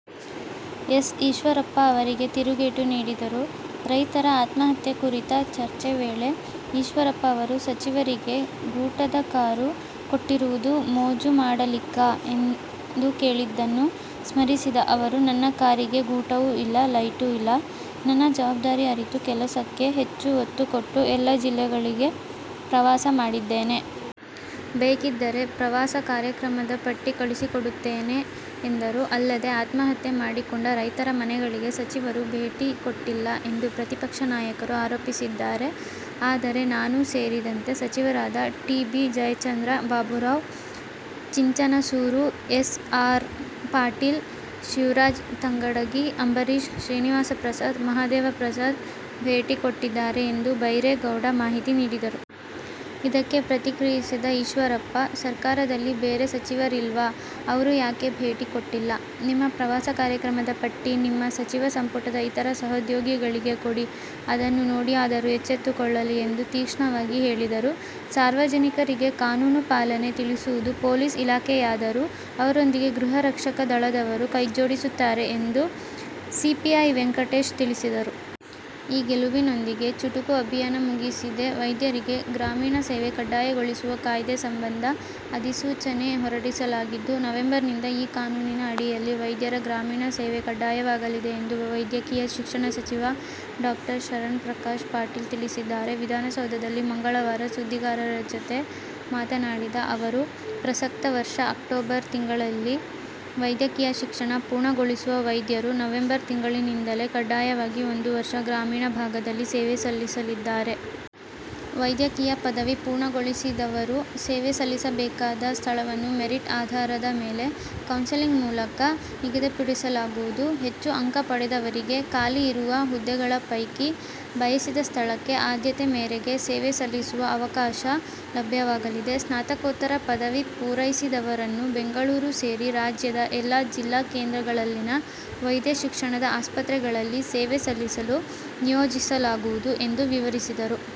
S. Eshwarappa ಅವರಿಗೆ ತಿರುಗೇಟು ನೀಡಿದರು. ರೈತರ ಆತ್ಮಹತ್ಯೆ ಕುರಿತ ಚರ್ಚೆ ವೇಳೆ ಈಶ್ವರಪ್ಪ ಅವರು "ಸಚಿವರಿಗೆ ಗೂಟದ ಕಾರು ಕೊಟ್ಟಿರುವುದು ಮೋಜು ಮಾಡಲಿಕ್ಕಾ' ಎಂದು ಕೇಳಿದ್ದನ್ನು ಸ್ಮರಿಸಿದ ಅವರು, ನನ್ನ ಕಾರಿಗೆ ಗೂಟವೂ ಇಲ್ಲ, ಲೈಟೂ ಇಲ್ಲ. ನನ್ನ ಜವಾಬ್ದಾರಿ ಅರಿತು ಕೆಲಸಕ್ಕೆ ಹೆಚ್ಚು ಒತ್ತು ಕೊಟ್ಟು ಎಲ್ಲ ಜಿಲ್ಲೆಗಳಿಗೆ ಪ್ರವಾಸ ಮಾಡಿದ್ದೇನೆ. ಬೇಕಿದ್ದರೆ ಪ್ರವಾಸ ಕಾರ್ಯಕ್ರಮದ ಪಟ್ಟಿ ಕಳಿಸಿಕೊಡುತ್ತೇನೆ ಎಂದರು. ಅಲ್ಲದೇ ಆತ್ಮಹತ್ಯೆ ಮಾಡಿಕೊಂಡ ರೈತರ ಮನೆಗಳಿಗೆ ಸಚಿವರು ಭೇಟಿ ಕೊಟ್ಟಿಲ್ಲ ಎಂದು ಪ್ರತಿಪಕ್ಷ ನಾಯಕರು ಆರೋಪಿಸಿದ್ದಾರೆ. ಆದರೆ, ನಾನೂ ಸೇರಿದಂತೆ ಸಚಿವರಾದ T. B. Jayachandra, Baburao Chinchansur, S. R. Patil, Shivaraj Tangadagi, Ambareesh, Srinivasprasad, Mahadevprasad ಭೇಟಿ ಕೊಟ್ಟಿದ್ದಾರೆ ಎಂದು ಬೈರೇಗೌಡ ಮಾಹಿತಿ ನೀಡಿದರು. ಇದಕ್ಕೆ ಪ್ರತಿಕ್ರಿಯಿಸಿದ ಈಶ್ವರಪ್ಪ, ಸರ್ಕಾರದಲ್ಲಿ ಬೇರೆ ಸಚಿವರಿಲ್ವಾ, ಅವರು ಯಾಕೆ ಭೇಟಿ ಕೊಟ್ಟಿಲ್ಲ. ನಿಮ್ಮ ಪ್ರವಾಸ ಕಾರ್ಯಕ್ರಮದ ಪಟ್ಟಿ ನಿಮ್ಮ ಸಚಿವ ಸಂಪುಟದ ಇತರ ಸಹೋದ್ಯೋಗಿಗಳಿಗೆ ಕೊಡಿ, ಅದನ್ನು ನೋಡಿಯಾದರೂ ಎಚ್ಚೆತ್ತುಕೊಳ್ಳಲಿ ಎಂದು ತೀಕ್ಷ್ಣವಾಗಿ ಹೇಳಿದರು. ಸಾರ್ವಜನಿಕರಿಗೆ ಕಾನೂನು ಪಾಲನೆ ತಿಳಿಸುವುದು ಪೊಲೀಸ್ ಇಲಾಖೆಯಾದರೂ ಅವರೊಂದಿಗೆ ಗೃಹ ರಕ್ಷಕ ದಳದವರು ಕೈಜೋಡಿಸುತ್ತಾರೆ ಎಂದು ಸಿಪಿಐ ವೆಂಕಟೇಶ್ ತಿಳಿಸಿದರು. ಈ ಗೆಲುವಿನೊಂದಿಗೆ ಚುಟುಕು ಅಭಿಯಾನ ಮುಗಿಸಿದೆ. ವೈದ್ಯರಿಗೆ ಗ್ರಾಮೀಣ ಸೇವೆ ಕಡ್ಡಾಯಗೊಳಿಸುವ ಕಾಯ್ದೆ ಸಂಬಂಧ ಅಧಿಸೂಚನೆ ಹೊರಡಿಸಲಾಗಿದ್ದು, ನವೆಂಬರ್ನಿಂದ ಈ ಕಾನೂನಿನ ಅಡಿಯಲ್ಲಿ ವೈದ್ಯರ ಗ್ರಾಮೀಣ ಸೇವೆ ಕಡ್ಡಾಯವಾಗಲಿದೆ ಎಂದು ವೈದ್ಯಕೀಯ ಶಿಕ್ಷಣ ಸಚಿವ ಡಾ. ಶರಣ್ಪ್ರಕಾಶ್ ಪಾಟೀಲ್ ತಿಳಿಸಿದ್ದಾರೆ. ವಿಧಾನಸೌಧದಲ್ಲಿ ಮಂಗಳವಾರ ಸುದ್ದಿಗಾರರ ಜತೆ ಮಾತನಾಡಿದ ಅವರು, ಪ್ರಸಕ್ತ ವರ್ಷ ಅಕ್ಟೋಬರ್ ತಿಂಗಳಲ್ಲಿ ವೈದ್ಯಕೀಯ ಶಿಕ್ಷಣ ಪೂರ್ಣಗೊಳಿಸುವ ವೈದ್ಯರು ನವೆಂಬರ್ ತಿಂಗಳಿನಿಂದಲೇ ಕಡ್ಡಾಯವಾಗಿ ಒಂದು ವರ್ಷ ಗ್ರಾಮೀಣ ಭಾಗದಲ್ಲಿ ಸೇವೆ ಸಲ್ಲಿಸಲ್ಲಿದ್ದಾರೆ. ವೈದ್ಯಕೀಯ ಪದವಿ ಪೂರ್ಣಗೊಳಿಸಿದವರು ಸೇವೆ ಸಲ್ಲಿಸಬೇಕಾದ ಸ್ಥಳವನ್ನು ಮೆರಿಟ್ ಆಧಾರದ ಮೇಲೆ, ಕೌನ್ಸೆಲಿಂಗ್ ಮೂಲಕ ನಿಗದಿಪಡಿಸಲಾಗುವುದು. ಹೆಚ್ಚು ಅಂಕ ಪಡೆದವರಿಗೆ ಖಾಲಿ ಇರುವ ಹುದ್ದೆಗಳ ಪೈಕಿ ಬಯಸಿದ ಸ್ಥಳಕ್ಕೆ ಆದ್ಯತೆ ಮೇರೆಗೆ ಸೇವೆ ಸಲ್ಲಿಸುವ ಅವಕಾಶ ಲಭ್ಯವಾಗಲಿದೆ. ಸ್ನಾತಕೋತ್ತರ ಪದವಿ ಪೂರೈಸಿದವರನ್ನು ಬೆಂಗಳೂರು ಸೇರಿ ರಾಜ್ಯದ ಜಿಲ್ಲಾ ಕೇಂದ್ರಗಳಲ್ಲಿನ ವೈದ್ಯ ಶಿಕ್ಷಣದ ಆಸ್ಪತ್ರೆಗಳಲ್ಲಿ ಸೇವೆ ಸಲ್ಲಿಸಲು ನಿಯೋಜಿಸಲಾಗುವುದು ಎಂದು ವಿವರಿಸಿದರು.